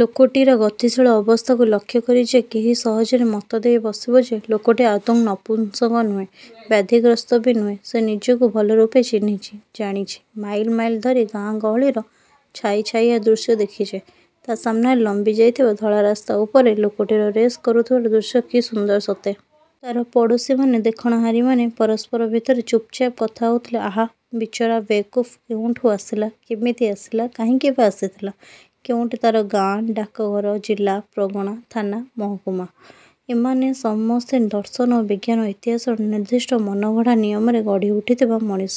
ଲୋକଟିର ଗତିଶୀଳ ଅବସ୍ଥାକୁ ଲକ୍ଷ୍ୟକରି ଯେ କେହି ସହଜରେ ମତ ଦେଇ ବସିବ ଯେ, ଲୋକଟି ଆଦୌ ନପୁଂସକ୍ ନୁହେଁ। ବ୍ୟାଧିଗ୍ରସ୍ତ ବି ନୁହେଁ। ସେ ନିଜକୁ ଭଲରୂପେ ଚିହ୍ନିଚି। ଜାଣିଛି। ମାଇଲ୍ ମାଇଲ୍ ଧରି ଗାଁ ଗହଳିର ଛାଇ ଛାଇଆ ଦୃଶ୍ୟ ଦେଖିଛି। ତା' ସାମନାରେ ଲମ୍ବି ଯାଇଥିବା ଧଳାରାସ୍ତା ଉପରେ ଲୋକଟିର ରେସ୍ କରୁଥିବାର ଦୃଶ୍ୟ କି ସୁନ୍ଦର ସତେ! ତା'ର ପଡ଼ୋଶୀମାନେ ଦେଖଣାହାରୀମାନେ ପରସ୍ପର ଭିତରେ ଚୁପ୍ଚାପ୍ କଥା ହେଉଥିଲେ ''ଆହାଃ, ବିଚରା, ବେୟକୁଫ୍, କୋଉଠୁଁ ଆସିଲା? କେମିତି ଆସିଲା? କାହିଁକି ବା ଆସିଥିଲା? କେଉଁଠି ତା'ର ଗାଁ, ଡାକଘର, ଜିଲ୍ଲା, ପ୍ରଗଣା, ଥାନା, ମହକୁମା,? ଏମାନେ ସମସ୍ତେ ଦର୍ଶନ, ବିଜ୍ଞାନ, ଇତିହାସର ନିର୍ଦ୍ଦିଷ୍ଟ ମନଗଢ଼ା ନିୟମରେ ଗଢ଼ି ଉଠିଥିବା ମଣିଷ।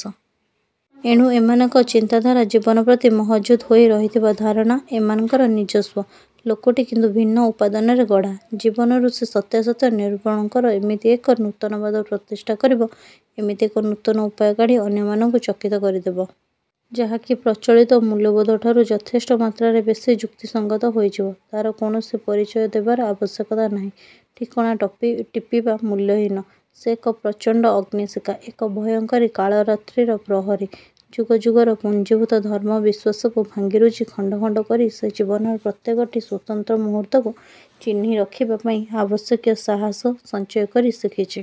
ଏଣୁ ଏମାନଙ୍କ ଚିନ୍ତାଧାରା ଜୀବନ ପ୍ରତି ମହଜୁଦ୍ ହୋଇ ରହିଥିବା ଧାରଣା, ଏମାନଙ୍କର ନିଜସ୍ୱ। ଲୋକଟି କିନ୍ତୁ ଭିନ୍ନ ଉପାଦାନରେ ଗଢ଼ା। ଜୀବନରୁ ସେ ସତ୍ୟାସତ୍ୟ ନିରୂପଣ କର ଏମିତି ଏକ ନୂତନବାଦ ପ୍ରତିଷ୍ଠା କରିବ। ଏମିତି ଏକ ନୂତନ ଉପାୟ କାଢ଼ି ଅନ୍ୟମାନଙ୍କୁ ଚକିତ କରିଦେବ। ଯାହାକି ପ୍ରଚଳିତ ମୂଲ୍ୟବୋଧଠାରୁ ଯଥେଷ୍ଟ ମାତ୍ରାରେ ବେଶୀ ଯୁକ୍ତିସଂଗତ ହୋଇଯିବ। ତା'ର କୌଣସି ପରିଚୟ ଦେବାର ଆବଶ୍ୟକତା ନାହିଁ। ଠିକଣା ଟିପିବା ମୂଲ୍ୟହୀନ। ସେ ଏକ ପ୍ରଚଣ୍ଡ ଅଗ୍ନିଶିଖା! ଏକ ଭୟଙ୍କରୀ କାଳରାତ୍ରିର ପ୍ରହରୀ। ଯୁଗ ଯୁଗର ପୁଞ୍ଜିଭୂତ ଧର୍ମ ବିଶ୍ୱାସକୁ ଭାଙ୍ଗିରୁଜି ଖଣ୍ଡଖଣ୍ଡ କରି ସେ ଜୀବନର ପ୍ରତ୍ୟେକଟି ସ୍ୱତନ୍ତ୍ର ମୁହୂର୍ତ୍ତକୁ ଚିହ୍ନି ରଖିବା ପାଇଁ ଆବଶ୍ୟକୀୟ ସାହାସ ସଞ୍ଚୟ କରି ଶିଖିଛି।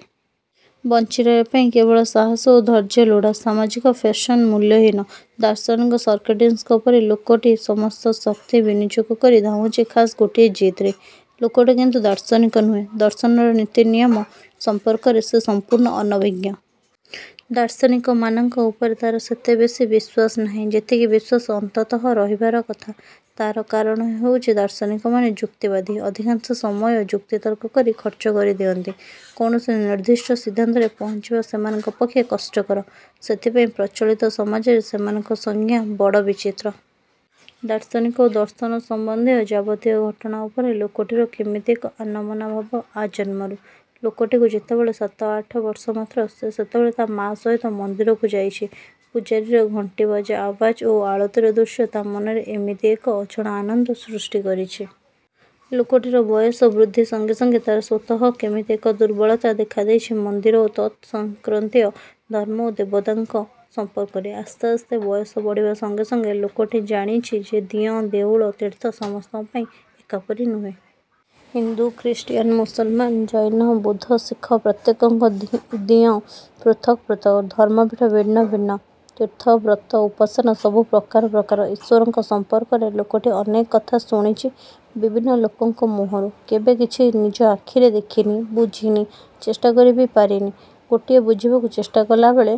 ବଞ୍ଚିରହିବା ପାଇଁ କେବଳ ସାହାସ ଓ ଧୈର୍ଯ୍ୟ ଲୋଡ଼ା-। ସାମାଜିକ ଫେସନ ମୂଲ୍ୟହୀନ। ଦାର୍ଶନିକ ସକ୍ରେଟିସ୍ଙ୍କ ପରି ଲୋକଟି ସମସ୍ତ ଶକ୍ତି ବିନିଯୋଗ କରି ଧାଉଁଛି ଖାସ୍ ଗୋଟିଏ ଜିଦ୍ ରେ। ଲୋକଟି କିନ୍ତୁ ଦାର୍ଶନିକ ନୁହେଁ। ଦର୍ଶନର ନୀତି ନିୟମ ସମ୍ପର୍କରେ ସେ ସମ୍ପୂର୍ଣ୍ଣ ଅନଭିଜ୍ଞ। ଦାର୍ଶନିକମାନଙ୍କ ଉପରେ ତା'ର ସେତେ ବେଶୀ ବିଶ୍ୱାସ ନାହିଁ-। ଯେତିକି ବିଶ୍ୱାସ ଅନ୍ତତଃ ରହିବାର କଥା। ତା'ର କାରଣ ହେଉଛି ଦାର୍ଶନିକମାନେ ଯୁକ୍ତିବାଦୀ-। ଅଧିକାଂଶ ସମୟ ଯୁକ୍ତିତର୍କ କରି ଖର୍ଚ୍ଚ କରି ଦିଅନ୍ତି। କୌଣସି ନିର୍ଦ୍ଦିଷ୍ଟ ସିଦ୍ଧାନ୍ତରେ ପହଞ୍ଚିବା ସେମାନଙ୍କ ପକ୍ଷେ କଷ୍ଟକର। ସେଥିପାଇଁ ପ୍ରଚଳିତ ସମାଜରେ ସେମାନଙ୍କ ସଂଜ୍ଞା ବଡ଼ ବିଚିତ୍ର-। ଦାର୍ଶନିକ ଓ ଦର୍ଶନ ସମ୍ବନ୍ଧୀୟ ଯାବତୀୟ ଘଟଣା ଉପରେ ଲୋକଟିର କେମିତି ଏକ ଆନମନା ଭାବ ଆଜନ୍ମରୁ। ଲୋକଟିକୁ ଯେତେବେଳେ ସାତଆଠ ବର୍ଷ ମାତ୍ର। ସେ ସେତେବେଳେ ତା' ମା ସହିତ ମନ୍ଦିରକୁ ଯାଇଛି, ପୂଜାରୀର ଘଣ୍ଟିବଜା ଆଓ୍ୱାଜ ଓ ଆଳତୀର ଦୃଶ୍ୟ ତା' ମନରେ କେମିତି ଏକ ଅଜଣା ଆନନ୍ଦ ସୃଷ୍ଟି କରିଛି। ଲୋକଟିର ବୟସ ବୃଦ୍ଧି ସଙ୍ଗେ ସଙ୍ଗେ ତା'ର ସ୍ୱତଃ କେମିତି ଏକ ଦୁର୍ବଳତା ଦେଖା ଦେଇଛି ମନ୍ଦିର ଓ ତତ୍ ସଂକ୍ରାନ୍ତୀୟ ଧର୍ମ ଓ ଦେବତାମାନଙ୍କ ସମ୍ପର୍କରେ। ଆସ୍ତେ ଆସ୍ତେ ବୟସ ବଢ଼ିବା ସଙ୍ଗେସଙ୍ଗେ ଲୋକଟି ଜାଣିଛି ଯେ ଦିଅଁ, ଦେଉଳ, ତୀର୍ଥ ସମସ୍ତଙ୍କ ପାଇଁ ଏକାପରି ନୁହେଁ। ହିନ୍ଦୁ; ଖ୍ରୀଷ୍ଟିୟାନ, ମୁସଲମାନ, ଜୈନ, ବୁଦ୍ଧ, ଶିଖ ପ୍ରତ୍ୟେକଙ୍କ ଦିଅଁ ପୃଥକ ପୃଥକ। ଧର୍ମପୀଠ ଭିନ୍ନ ଭିନ୍ନ, ତୀର୍ଥ, ବ୍ରତ, ଉପାସନା ସବୁ ପ୍ରକାର ପ୍ରକାର। ଈଶ୍ୱରଙ୍କ ସମ୍ପର୍କରେ ଲୋକଟି ଅନେକ କଥା ଶୁଣିଛି ବିଭିନ୍ନ ଲୋକଙ୍କ ମୁହଁରୁ। କେବେ କିଛି ନିଜ ଆଖିରେ ଦେଖିନି। ବୁଝିନି। ଚେଷ୍ଟା କରି ବି ପାରିନି। ଗୋଟିଏ ବୁଝିବାକୁ ଚେଷ୍ଟା କଲାବେଳେ